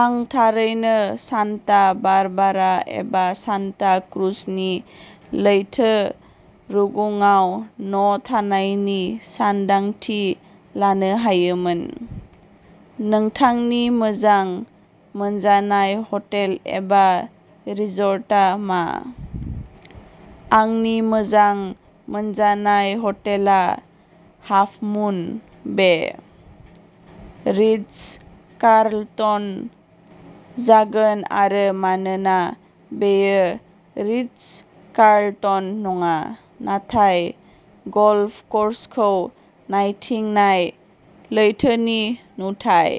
आं थारैनो सान्टा बारबारा एबा सान्टा क्रुजनि लैथो रुगुंआव न' थानायनि सानदांथि लानो हायोमोन। नोंथांनि मोजां मोनजानाय हटेल एबा रिसर्टआ मा? आंनि मोजां मोनजानाय हटेलआ हाफमुन बे "रिट्ज कार्लटन" जागोन आरो मानोना बेयो रिट्ज कार्लटन नङा, नाथाय गल्फ कर्सखौ नायथिंनाय लैथोनि नुथाय,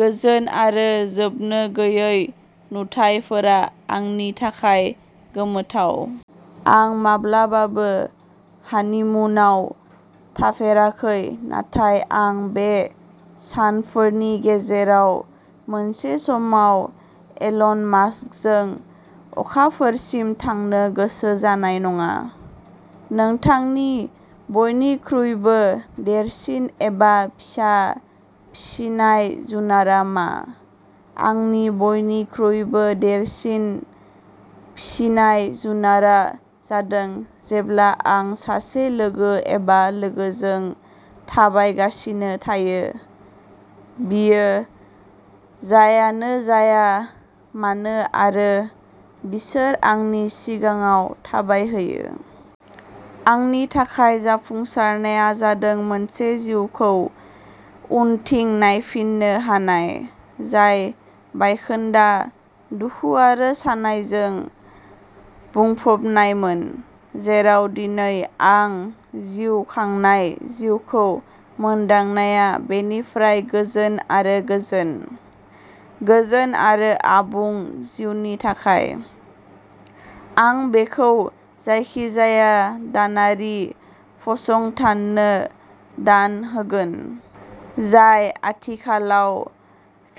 गोजोन आरो जोबनो गैयै नुथायफोरा आंनि थाखाय गोमोथाव। आं माब्लाबाबो हनिमुनआव थाफेराखै नाथाय आं बे सानफोरनि गेजेराव मोनसे समाव इलन मास्कजों अखाफोरसिम थांनो गोसो जानाय नङा। नोंथांनि बयनिख्रुइबो देरसिन एबा फिसा फिसिनाय जुनारआ मा? आंनि बयनिख्रुइबो देरसिन फिसिनाय जुनारआ जादों जेब्ला आं सासे लोगो एबा लोगोजों थाबायगासिनो थायो, बियो जायानो जाया मानो आरो बिसोर आंनि सिगाङाव थाबायहैयो। आंनि थाखाय जाफुंसारनाया जादों मोनसे जिउखौ उनथिं नायफिन्नो हानाय, जाय बायखोन्दा, दुखु आरो सानायजों बुंफबनायमोन, जेराव दिनै आं जिउ खांनाय जिउखौ मोनदांनाया बेनिफ्राय गोजान आरो गोजोन, गोजोन आरो आबुं जिउनि थाखाय। आं बेखौ जायखिजाया दानारि फसंथाननो दान होगोन, जाय आथिखालाव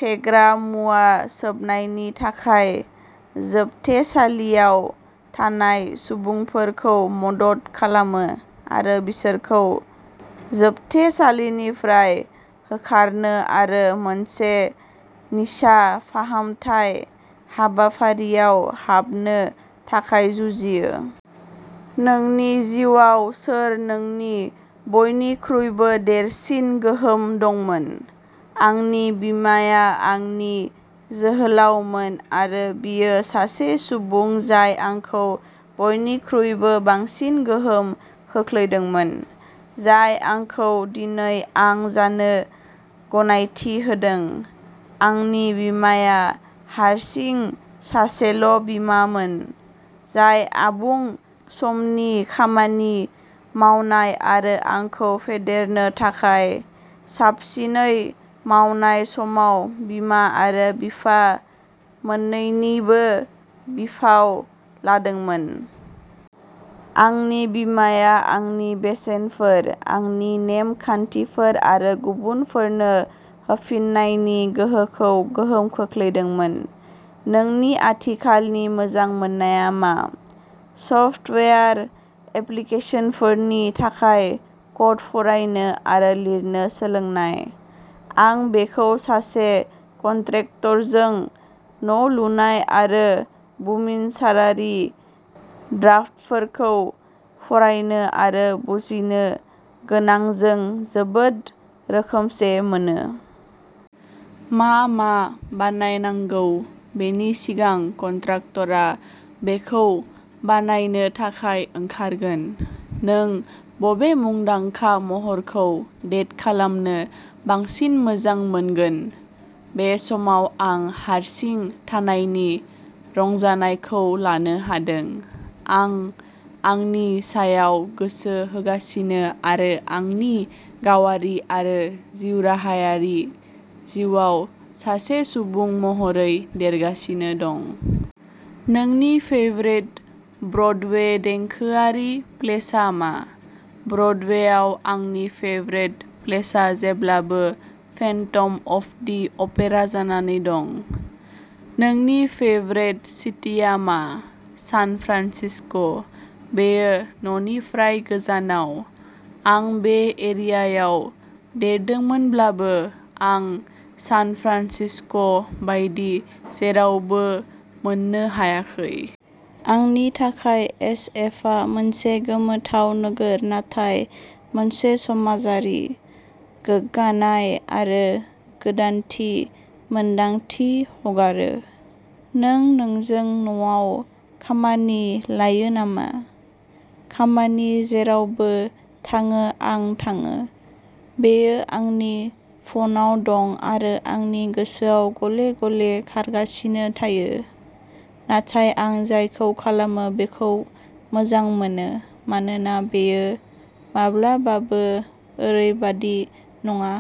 फेग्रा मुवा सोबनायनि थाखाय जोबथेसालियाव थानाय सुबुंफोरखौ मदद खालामो आरो बिसोरखौ जोबथेसालिनिफ्राय होखारनो आरो मोनसे निसा फाहामथाय हाबाफारिआव हाबनो थाखाय जुजियो। नोंनि जिउआव सोर नोंनि बयनिख्रुइबो देरसिन गोहोम दंमोन? आंनि बिमाया आंनि जोहोलावमोन आरो बियो सासे सुबुं जाय आंखौ बयनिख्रुइबो बांसिन गोहोम खोख्लैदोंमोन, जाय आंखौ दिनै आं जानो गनायथि होदों। आंनि बिमाया हारसिं सासेल' बिमामोन, जाय आबुं समनि खामानि मावनाय आरो आंखौ फेदेरनो थाखाय साबसिनै मावनाय समाव बिमा आरो बिफा मोन्नैनिबो बिफाव लादोंमोन। आंनि बिमाया आंनि बेसेनफोर, आंनि नेम खान्थिफोर आरो गुबुनफोरनो होफिन्नायनि गोहोखौ गोहोम खोख्लैदोंमोन। नोंनि आथिखालनि मोजां मोननाया मा? सफ्टवेयार एप्लीकेसनफोरनि थाखाय क'ड फरायनो आरो लिरनो सोलोंनाय। आं बेखौ सासे कन्ट्रेक्टरजों न' लुनाय आरो बुमिनसारारि ड्राफ्टफोरखौ फरायनो आरो बुजिनो गोनांजों जोबोद रोखोमसे मोनो। मा मा बानायनांगौ बेनि सिगां कन्ट्राक्टरआ बेखौ बानायनो थाखाय ओंखारगोन। नों बबे मुंदांखा महरखौ डेट खालामनो बांसिन मोजां मोनगोन? बे समाव आं हारसिं थानायनि रंजानायखौ लानो हादों, आं आंनि सायाव गोसो होगासिनो आरो आंनि गावारि आरो जिउराहायारि जिउआव सासे सुबुं महरै देरगासिनो दं। नोंनि फेभरेट ब्रडवे देंखोआरि प्लेआ मा? ब्रडवेआव आंनि फेभरेट प्लेआ जेब्लाबो फेन्टम अफ दि अपेरा जानानै दं। नोंनि फेभरेट सिटीआ मा? सान फ्रान्सिस्क बेयो न'निफ्राय गोजानाव । आं बे एरियायाव देरदोंमोनब्लाबो, आं सान फ्रान्सिस्क' बायदि जेरावबो मोननो हायाखै। आंनि थाखाय एस एफआ मोनसे गोमोथाव नोगोर नाथाय मोनसे समाजारि, गोग्गानाय आरो गोदानथि मोन्दांथि हगारो। नों नोंजों न'आव खामानि लायो नामा? खामानि जेरावबो थाङो आं थाङो, बेयो आंनि फनाव दं आरो आंनि गोसोआव गले-गले खारगासिनो थायो, नाथाय आं जायखौ खालामो बेखौ मोजां मोनो, मानोना बेयो माब्लाबाबो ओरैबादि नङा।